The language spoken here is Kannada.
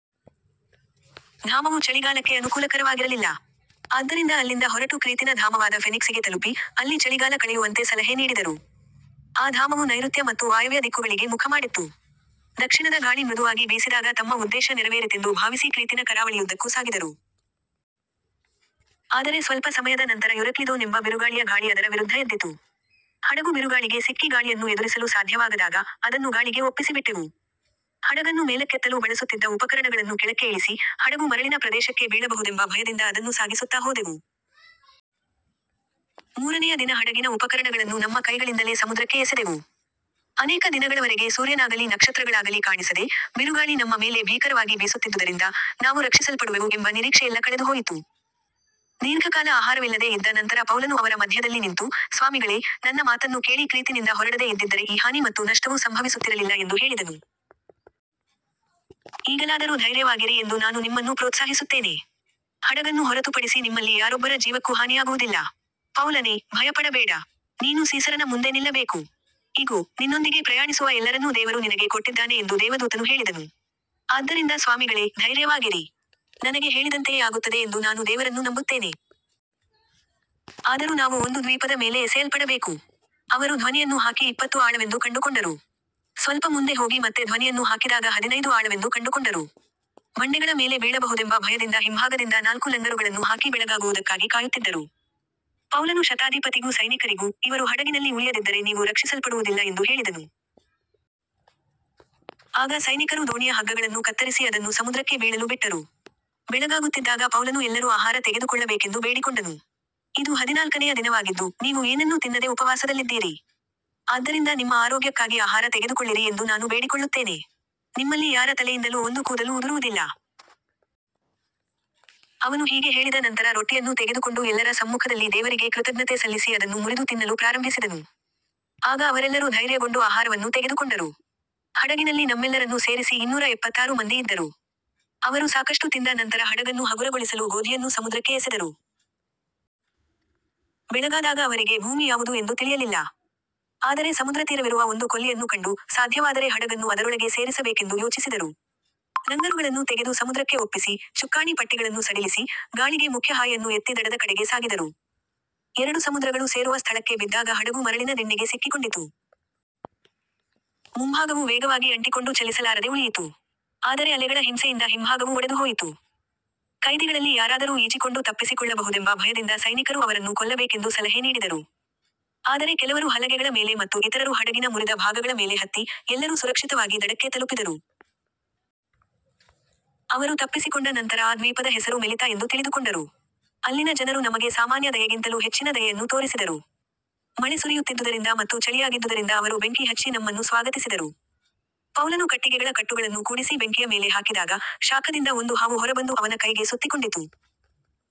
ಧಾಮವು ಚಳಿಗಾಲಕ್ಕೆ ಅನುಕೂಲಕರವಾಗಿರಲಿಲ್ಲ. ಆದ್ದರಿಂದ ಅಲ್ಲಿಂದ ಹೊರಟು ಕ್ರೀತಿನ ಧಾಮವಾದ ಫೆನಿಕ್ಸಿಗೆ ತಲುಪಿ, ಅಲ್ಲಿ ಚಳಿಗಾಲ ಕಳೆಯುವಂತೆ ಸಲಹೆ ನೀಡಿದರು. ಆ ಧಾಮವು ನೈಋತ್ಯ ಮತ್ತು ವಾಯವ್ಯ ದಿಕ್ಕುಗಳಿಗೆ ಮುಖಮಾಡಿತ್ತು. ದಕ್ಷಿಣದ ಗಾಳಿ ಮೃದುವಾಗಿ ಬೀಸಿದಾಗ ತಮ್ಮ ಉದ್ದೇಶ ನೆರವೇರಿತೆಂದು ಭಾವಿಸಿ ಕ್ರೀತಿನ ಕರಾವಳಿಯುದ್ದಕ್ಕೂ ಸಾಗಿದರು. ಆದರೆ ಸ್ವಲ್ಪ ಸಮಯದ ನಂತರ ಯುರಕ್ಲಿದೋನ್ ಎಂಬ ಬಿರುಗಾಳಿಯ ಗಾಳಿ ಅದರ ವಿರುದ್ಧ ಎದ್ದಿತು. ಹಡಗು ಬಿರುಗಾಳಿಗೆ ಸಿಕ್ಕಿ ಗಾಳಿಯನ್ನು ಎದುರಿಸಲು ಸಾಧ್ಯವಾಗದಾಗ, ಅದನ್ನು ಗಾಳಿಗೆ ಒಪ್ಪಿಸಿಬಿಟ್ಟೆವು. ಹಡಗನ್ನು ಮೇಲಕ್ಕೆತ್ತಲು ಬಳಸುತ್ತಿದ್ದ ಉಪಕರಣಗಳನ್ನು ಕೆಳಕ್ಕೆ ಇಳಿಸಿ, ಹಡಗು ಮರಳಿನ ಪ್ರದೇಶಕ್ಕೆ ಬೀಳಬಹುದೆಂಬ ಭಯದಿಂದ ಅದನ್ನು ಸಾಗಿಸುತ್ತಾ ಹೋದೆವು. ಮೂರನೆಯ ದಿನ ಹಡಗಿನ ಉಪಕರಣಗಳನ್ನು ನಮ್ಮ ಕೈಗಳಿಂದಲೇ ಸಮುದ್ರಕ್ಕೆ ಎಸೆದೆವು. ಅನೇಕ ದಿನಗಳವರೆಗೆ ಸೂರ್ಯನಾಗಲಿ ನಕ್ಷತ್ರಗಳಾಗಲಿ ಕಾಣಿಸದೆ, ಬಿರುಗಾಳಿ ನಮ್ಮ ಮೇಲೆ ಭೀಕರವಾಗಿ ಬೀಸುತ್ತಿದ್ದುದರಿಂದ, ನಾವು ರಕ್ಷಿಸಲ್ಪಡುವೆವು ಎಂಬ ನಿರೀಕ್ಷೆಯೆಲ್ಲ ಕಳೆದುಹೋಯಿತು. ದೀರ್ಘಕಾಲ ಆಹಾರವಿಲ್ಲದೆ ಇದ್ದ ನಂತರ ಪೌಲನು ಅವರ ಮಧ್ಯದಲ್ಲಿ ನಿಂತು, ಸ್ವಾಮಿಗಳೇ, ನನ್ನ ಮಾತನ್ನು ಕೇಳಿ ಕ್ರೀತಿನಿಂದ ಹೊರಡದೆ ಇದ್ದಿದ್ದರೆ ಈ ಹಾನಿ ಮತ್ತು ನಷ್ಟವು ಸಂಭವಿಸುತ್ತಿರಲಿಲ್ಲ ಎಂದು ಹೇಳಿದನು. ಈಗಲಾದರೂ ಧೈರ್ಯವಾಗಿರಿ ಎಂದು ನಾನು ನಿಮ್ಮನ್ನು ಪ್ರೋತ್ಸಾಹಿಸುತ್ತೇನೆ. ಹಡಗನ್ನು ಹೊರತುಪಡಿಸಿ ನಿಮ್ಮಲ್ಲಿ ಯಾರೊಬ್ಬರ ಜೀವಕ್ಕೂ ಹಾನಿಯಾಗುವುದಿಲ್ಲ. ಪೌಲನೇ, ಭಯಪಡಬೇಡ. ನೀನು ಸೀಸರನ ಮುಂದೆ ನಿಲ್ಲಬೇಕು. ಇಗೋ, ನಿನ್ನೊಂದಿಗೆ ಪ್ರಯಾಣಿಸುವ ಎಲ್ಲರನ್ನೂ ದೇವರು ನಿನಗೆ ಕೊಟ್ಟಿದ್ದಾನೆ ಎಂದು ದೇವದೂತನು ಹೇಳಿದನು. ಆದ್ದರಿಂದ ಸ್ವಾಮಿಗಳೇ, ಧೈರ್ಯವಾಗಿರಿ. ನನಗೆ ಹೇಳಿದಂತೆಯೇ ಆಗುತ್ತದೆ ಎಂದು ನಾನು ದೇವರನ್ನು ನಂಬುತ್ತೇನೆ. ಆದರೂ ನಾವು ಒಂದು ದ್ವೀಪದ ಮೇಲೆ ಎಸೆಯಲ್ಪಡಬೇಕು. ಅವರು ಧ್ವನಿಯನ್ನು ಹಾಕಿ ಇಪ್ಪತ್ತು ಆಳವೆಂದು ಕಂಡುಕೊಂಡರು. ಸ್ವಲ್ಪ ಮುಂದೆ ಹೋಗಿ ಮತ್ತೆ ಧ್ವನಿಯನ್ನು ಹಾಕಿದಾಗ ಹದಿನೈದು ಆಳವೆಂದು ಕಂಡುಕೊಂಡರು. ಬಂಡೆಗಳ ಮೇಲೆ ಬೀಳಬಹುದೆಂಬ ಭಯದಿಂದ ಹಿಂಭಾಗದಿಂದ ನಾಲ್ಕು ಲಂಗರುಗಳನ್ನು ಹಾಕಿ ಬೆಳಗಾಗುವುದಕ್ಕಾಗಿ ಕಾಯುತ್ತಿದ್ದರು. ಪೌಲನು ಶತಾಧಿಪತಿಗೂ ಸೈನಿಕರಿಗೂ, ಇವರು ಹಡಗಿನಲ್ಲಿ ಉಳಿಯದಿದ್ದರೆ ನೀವು ರಕ್ಷಿಸಲ್ಪಡುವುದಿಲ್ಲ ಎಂದು ಹೇಳಿದನು. ಆಗ ಸೈನಿಕರು ದೋಣಿಯ ಹಗ್ಗಗಳನ್ನು ಕತ್ತರಿಸಿ ಅದನ್ನು ಸಮುದ್ರಕ್ಕೆ ಬೀಳಲು ಬಿಟ್ಟರು. ಬೆಳಗಾಗುತ್ತಿದ್ದಾಗ ಪೌಲನು ಎಲ್ಲರೂ ಆಹಾರ ತೆಗೆದುಕೊಳ್ಳಬೇಕೆಂದು ಬೇಡಿಕೊಂಡನು. ಇದು ಹದಿನಾಲ್ಕನೆಯ ದಿನವಾಗಿದ್ದು, ನೀವು ಏನನ್ನೂ ತಿನ್ನದೆ ಉಪವಾಸದಲ್ಲಿದ್ದೀರಿ. ಆದ್ದರಿಂದ ನಿಮ್ಮ ಆರೋಗ್ಯಕ್ಕಾಗಿ ಆಹಾರ ತೆಗೆದುಕೊಳ್ಳಿರಿ ಎಂದು ನಾನು ಬೇಡಿಕೊಳ್ಳುತ್ತೇನೆ. ನಿಮ್ಮಲ್ಲಿ ಯಾರ ತಲೆಯಿಂದಲೂ ಒಂದು ಕೂದಲು ಉದುರುವುದಿಲ್ಲ. ಅವನು ಹೀಗೆ ಹೇಳಿದ ನಂತರ ರೊಟ್ಟಿಯನ್ನು ತೆಗೆದುಕೊಂಡು ಎಲ್ಲರ ಸಮ್ಮುಖದಲ್ಲಿ ದೇವರಿಗೆ ಕೃತಜ್ಞತೆ ಸಲ್ಲಿಸಿ ಅದನ್ನು ಮುರಿದು ತಿನ್ನಲು ಪ್ರಾರಂಭಿಸಿದನು. ಆಗ ಅವರೆಲ್ಲರೂ ಧೈರ್ಯಗೊಂಡು ಆಹಾರವನ್ನು ತೆಗೆದುಕೊಂಡರು. ಹಡಗಿನಲ್ಲಿ ನಮ್ಮೆಲ್ಲರನ್ನು ಸೇರಿಸಿ ಇನ್ನೂರ ಎಪ್ಪತ್ತಾರು ಮಂದಿ ಇದ್ದರು. ಅವರು ಸಾಕಷ್ಟು ತಿಂದ ನಂತರ ಹಡಗನ್ನು ಹಗುರಗೊಳಿಸಲು ಗೋಧಿಯನ್ನು ಸಮುದ್ರಕ್ಕೆ ಎಸೆದರು. ಬೆಳಗಾದಾಗ ಅವರಿಗೆ ಭೂಮಿ ಯಾವುದು ಎಂದು ತಿಳಿಯಲಿಲ್ಲ. ಆದರೆ ಸಮುದ್ರತೀರವಿರುವ ಒಂದು ಕೊಲ್ಲಿಯನ್ನು ಕಂಡು, ಸಾಧ್ಯವಾದರೆ ಹಡಗನ್ನು ಅದರೊಳಗೆ ಸೇರಿಸಬೇಕೆಂದು ಯೋಚಿಸಿದರು. ಲಂಗರುಗಳನ್ನು ತೆಗೆದು ಸಮುದ್ರಕ್ಕೆ ಒಪ್ಪಿಸಿ, ಚುಕ್ಕಾಣಿ ಪಟ್ಟಿಗಳನ್ನು ಸಡಿಲಿಸಿ, ಗಾಳಿಗೆ ಮುಖ್ಯ ಹಾಯಿಯನ್ನು ಎತ್ತಿ ದಡದ ಕಡೆಗೆ ಸಾಗಿದರು. ಎರಡು ಸಮುದ್ರಗಳು ಸೇರುವ ಸ್ಥಳಕ್ಕೆ ಬಿದ್ದಾಗ ಹಡಗು ಮರಳಿನ ದಿಣ್ಣೆಗೆ ಸಿಕ್ಕಿಕೊಂಡಿತು. ಮುಂಭಾಗವು ವೇಗವಾಗಿ ಅಂಟಿಕೊಂಡು ಚಲಿಸಲಾರದೆ ಉಳಿಯಿತು. ಆದರೆ ಅಲೆಗಳ ಹಿಂಸೆಯಿಂದ ಹಿಂಭಾಗವು ಒಡೆದುಹೋಯಿತು. ಕೈದಿಗಳಲ್ಲಿ ಯಾರಾದರೂ ಈಜಿಕೊಂಡು ತಪ್ಪಿಸಿಕೊಳ್ಳಬಹುದೆಂಬ ಭಯದಿಂದ ಸೈನಿಕರು ಅವರನ್ನು ಕೊಲ್ಲಬೇಕೆಂದು ಸಲಹೆ ನೀಡಿದರು. ಆದರೆ ಕೆಲವರು ಹಲಗೆಗಳ ಮೇಲೆ ಮತ್ತು ಇತರರು ಹಡಗಿನ ಮುರಿದ ಭಾಗಗಳ ಮೇಲೆ ಹತ್ತಿ, ಎಲ್ಲರೂ ಸುರಕ್ಷಿತವಾಗಿ ದಡಕ್ಕೆ ತಲುಪಿದರು. ಅವರು ತಪ್ಪಿಸಿಕೊಂಡ ನಂತರ ಆ ದ್ವೀಪದ ಹೆಸರು ಮೆಲಿತಾ ಎಂದು ತಿಳಿದುಕೊಂಡರು. ಅಲ್ಲಿನ ಜನರು ನಮಗೆ ಸಾಮಾನ್ಯ ದಯೆಗಿಂತಲೂ ಹೆಚ್ಚಿನ ದಯೆಯನ್ನು ತೋರಿಸಿದರು. ಮಳೆ ಸುರಿಯುತ್ತಿದ್ದುದರಿಂದ ಮತ್ತು ಚಳಿಯಾಗಿದ್ದುದರಿಂದ ಅವರು ಬೆಂಕಿ ಹಚ್ಚಿ ನಮ್ಮನ್ನು ಸ್ವಾಗತಿಸಿದರು. ಪೌಲನು ಕಟ್ಟಿಗೆಗಳ ಕಟ್ಟುಗಳನ್ನು ಕೂಡಿಸಿ ಬೆಂಕಿಯ ಮೇಲೆ ಹಾಕಿದಾಗ, ಶಾಖದಿಂದ ಒಂದು ಹಾವು ಹೊರಬಂದು ಅವನ ಕೈಗೆ ಸುತ್ತಿಕೊಂಡಿತು.